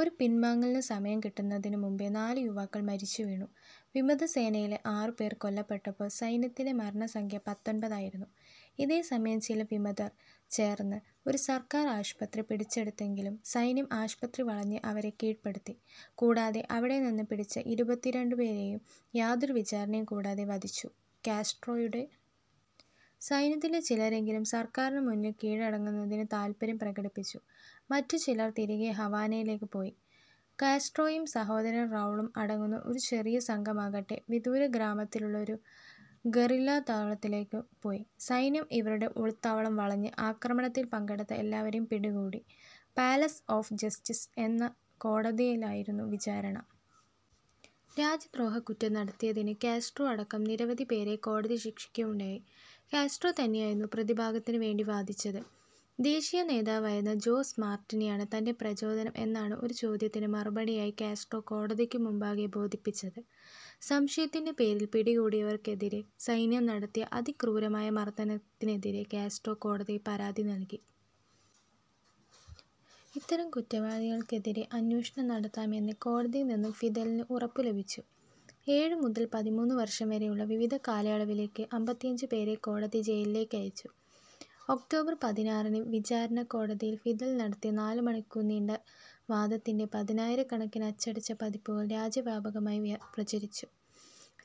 ഒരു പിൻവാങ്ങലിനു സമയം കിട്ടുന്നതിനു മുമ്പേ നാലു യുവാക്കൾ മരിച്ചു വീണു. വിമതസേനയിലെ ആറുപേർ കൊല്ലപ്പെട്ടപ്പോൾ സൈന്യത്തിലെ മരണസംഖ്യ പത്തൊൻപതായിരുന്നു. ഇതേസമയം ചില വിമതർ ചേർന്ന് ഒരു സർക്കാർ ആശുപത്രി പിടിച്ചെടുത്തെങ്കിലും സൈന്യം ആശുപത്രി വളഞ്ഞ് അവരെ കീഴ്പ്പെടുത്തി. കൂടാതെ അവിടെനിന്ന് പിടിച്ച ഇരുപത്തിരണ്ടുപേരെയും യാതൊരു വിചാരണയും കൂടാതെ വധിച്ചു. കാസ്ട്രോയുടെ സൈന്യത്തിലെ ചിലരെങ്കിലും സർക്കാരിനു മുന്നിൽ കീഴടങ്ങുന്നതിന് താൽപര്യം പ്രകടിപ്പിച്ചു. മറ്റു ചിലർ തിരികെ ഹവാനയിലേക്ക് പോയി. കാസ്ട്രോയും സഹോദരൻ റൗളും അടങ്ങുന്ന ഒരു ചെറിയ സംഘമാകട്ടെ വിദൂരഗ്രാമത്തിലുള്ള ഒരു ഗറില്ലാതാവളത്തിലേക്കും പോയി. സൈന്യം ഇവരുടെ ഒളിത്താവളം വളഞ്ഞ് ആക്രമണത്തിൽ പങ്കെടുത്ത എല്ലാവരേയും പിടികൂടി. പാലസ് ഓഫ് ജസ്റ്റീസ് എന്ന കോടതിയിലായിരുന്നു വിചാരണ. രാജ്യദ്രോഹക്കുറ്റം നടത്തിയതിന് കാസ്ട്രോ അടക്കം നിരവധി പേരെ കോടതി ശിക്ഷിക്കുകയുണ്ടായി. കാസ്ട്രോ തന്നെയായിരുന്നു പ്രതിഭാഗത്തിനു വേണ്ടി വാദിച്ചത്. ദേശീയ നേതാവായിരുന്ന ജോസ് മാർട്ടിനിയാണ് തന്റെ പ്രചോദനം എന്നാണ് ഒരു ചോദ്യത്തിനു മറുപടിയായി കാസ്ട്രോ കോടതിക്കു മുമ്പാകെ ബോധിപ്പിച്ചത്. സംശയത്തിന്റെ പേരിൽ പിടികൂടിയവർക്കെതിരേ സൈന്യം നടത്തിയ അതിക്രൂരമായ മർദ്ദനത്തിനെതിരേ കാസ്ട്രോ കോടതിയിൽ പരാതി നൽകി. ഇത്തരം കുറ്റവാളികൾക്കെതിരേ അന്വേഷണം നടത്താം എന്ന് കോടതിയിൽനിന്നും ഫിദലിന് ഉറപ്പും ലഭിച്ചു. ഏഴു മുതൽ പതിമൂന്ന് വർഷം വരെയുള്ള വിവിധ കാലയളവുകളിലേക്ക് അമ്പത്തിയഞ്ച് പേരെ കോടതി ജയിലിലേക്കയച്ചു. ഒക്ടോബർ പതിനാറിന് വിചാരണക്കോടതിയിൽ ഫിദൽ നടത്തിയ നാലുമണിക്കൂർ നീണ്ട വാദത്തിന്റെ പതിനായിരക്കണക്കിന് അച്ചടിച്ച പതിപ്പുകൾ രാജ്യവ്യാപകമായി പ്രചരിച്ചു.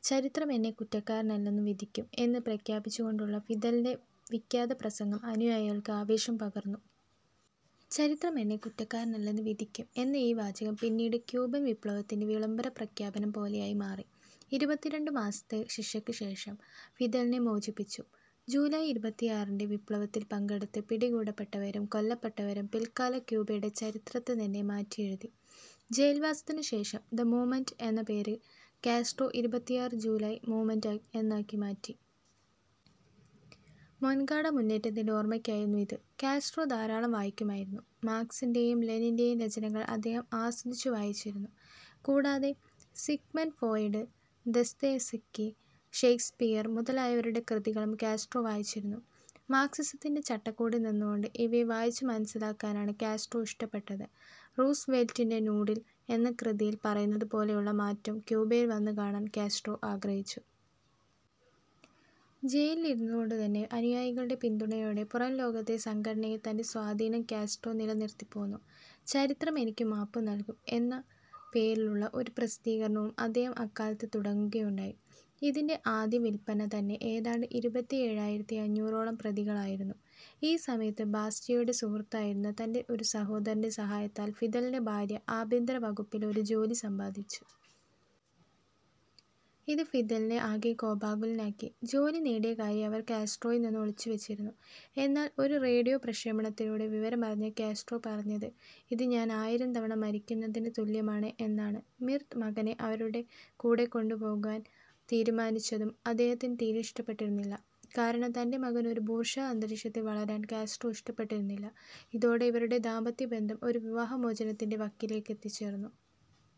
ചരിത്രം എന്നെ കുറ്റക്കാരനല്ലെന്നു വിധിക്കും എന്ന് പ്രഖ്യാപിച്ചുകൊണ്ടുള്ള ഫിദലിന്റെ വിഖ്യാത പ്രസംഗം അനുയായികൾക്ക് ആവേശം പകർന്നു. ചരിത്രം എന്നെ കുറ്റക്കാരനല്ലെന്നു വിധിക്കും എന്ന ഈ വാചകം പിന്നീട് ക്യൂബൻ വിപ്ലവത്തിന്റെ വിളംബരപ്രഖ്യാപനം പോലെയായി മാറി. ഇരുപത്തിരണ്ടുമാസത്തെ ശിക്ഷയ്ക്കുശേഷം ഫിദലിനെ മോചിപ്പിച്ചു. ജൂലൈ ഇരുപത്തിയാറിന്റെ വിപ്ലവത്തിൽ പങ്കെടുത്ത് പിടികൂടപ്പെട്ടവരും കൊല്ലപ്പെട്ടവരും പിൽക്കാല ക്യൂബയുടെ ചരിത്രത്തെതന്നെ മാറ്റിയെഴുതി. ജയിൽവാസത്തിനുശേഷം ദ മൂവ്മെൻറെ എന്ന പേര് കാസ്ട്രോ ഇരുപത്തിയാറ് ജൂലൈ മൂവ്മെൻറെ എന്നാക്കി മാറ്റി. മൊൻകാട മുന്നേറ്റത്തിന്റെ ഓർമ്മയ്ക്കായായിരുന്നു ഇത്.കാസ്ട്രോ ധാരാളം വായിക്കുമായിരുന്നു. മാർക്സിന്റേയും ലെനിന്റേയും രചനകൾ അദ്ദേഹം ആസ്വദിച്ചു വായിച്ചിരുന്നു. കൂടാതെ സിഗ്മണ്ട് ഫോയിഡ്, ദസ്തേവ്സ്ക്കി, ഷേക്സ്പിയർ മുതലായവരുടെ കൃതികളും കാസ്ട്രോ വായിച്ചിരുന്നു. മാർക്സിസത്തിന്റെ ചട്ടക്കൂടിൽ നിന്നുകൊണ്ട് ഇവയെ വായിച്ചു മനസ്സിലാക്കാനാണ് കാസ്ട്രോ ഇഷ്ടപ്പെട്ടത്. റൂസ് വെൽറ്റിന്റെ ന്യൂഡീൽ എന്ന കൃതിയിൽ പറയുന്നപോലെയുള്ള മാറ്റം ക്യൂബയിൽ വന്നു കാണാൻ കാസ്ട്രോ ആഗ്രഹിച്ചു. ജയിലിലിരുന്നുകൊണ്ടുതന്നെ അനുയായികളുടെ പിന്തുണയോടെ പുറംലോകത്തെ സംഘടനയിൽ തന്റെ സ്വാധീനം കാസ്ട്രോ നിലനിർത്തിപ്പോന്നു. ചരിത്രം എനിക്കു മാപ്പു നൽകും എന്ന പേരിലുള്ള ഒരു പ്രസിദ്ധീകരണവും അദ്ദേഹം അക്കാലത്ത് തുടങ്ങുകയുണ്ടായി. ഇതിന്റെ ആദ്യ വിൽപ്പന തന്നെ ഏതാണ്ട് ഇരുപത്തിയേഴായിരത്തി അഞ്ഞൂറോളം പ്രതികളായിരുന്നു.ഈ സമയത്ത് ബാറ്റിസ്റ്റയുടെ സുഹൃത്തായിരുന്ന തന്റെ ഒരു സഹോദരന്റെ സഹായത്താൽ ഫിദലിന്റെ ഭാര്യ ആഭ്യന്തരവകുപ്പിൽ ഒരു ജോലി സമ്പാദിച്ചു. ഇത് ഫിദലിനെ ആകെ കോപാകുലനാക്കി. ജോലി നേടിയ കാര്യം അവർ കാസ്ട്രോയിൽനിന്നും ഒളിച്ചുവെച്ചിരുന്നു. എന്നാൽ ഒരു റേഡിയോ പ്രക്ഷേപണത്തിലൂടെ വിവരമറിഞ്ഞ കാസ്ട്രോ പറഞ്ഞത് ഇത് ഞാൻ ആയിരം തവണ മരിക്കുന്നതിനു തുല്യമാണ് എന്നാണ്. മിർത് മകനെ അവരുടെ കൂടെ കൊണ്ടുപോകാൻ തീരുമാനിച്ചതും അദ്ദേഹത്തിന് തീരെ ഇഷ്ടപ്പെട്ടിരുന്നില്ല. കാരണം തന്റെ മകൻ ഒരു ബൂർഷ്വാ അന്തരീക്ഷത്തിൽ വളരാൻ കാസ്ട്രോ ഇഷ്ടപ്പെട്ടിരുന്നില്ല. ഇതോടെ ഇവരുടെ ദാമ്പത്യബന്ധം ഒരു വിവാഹമോചനത്തിന്റെ വക്കിലേക്കെത്തിച്ചേർന്നു.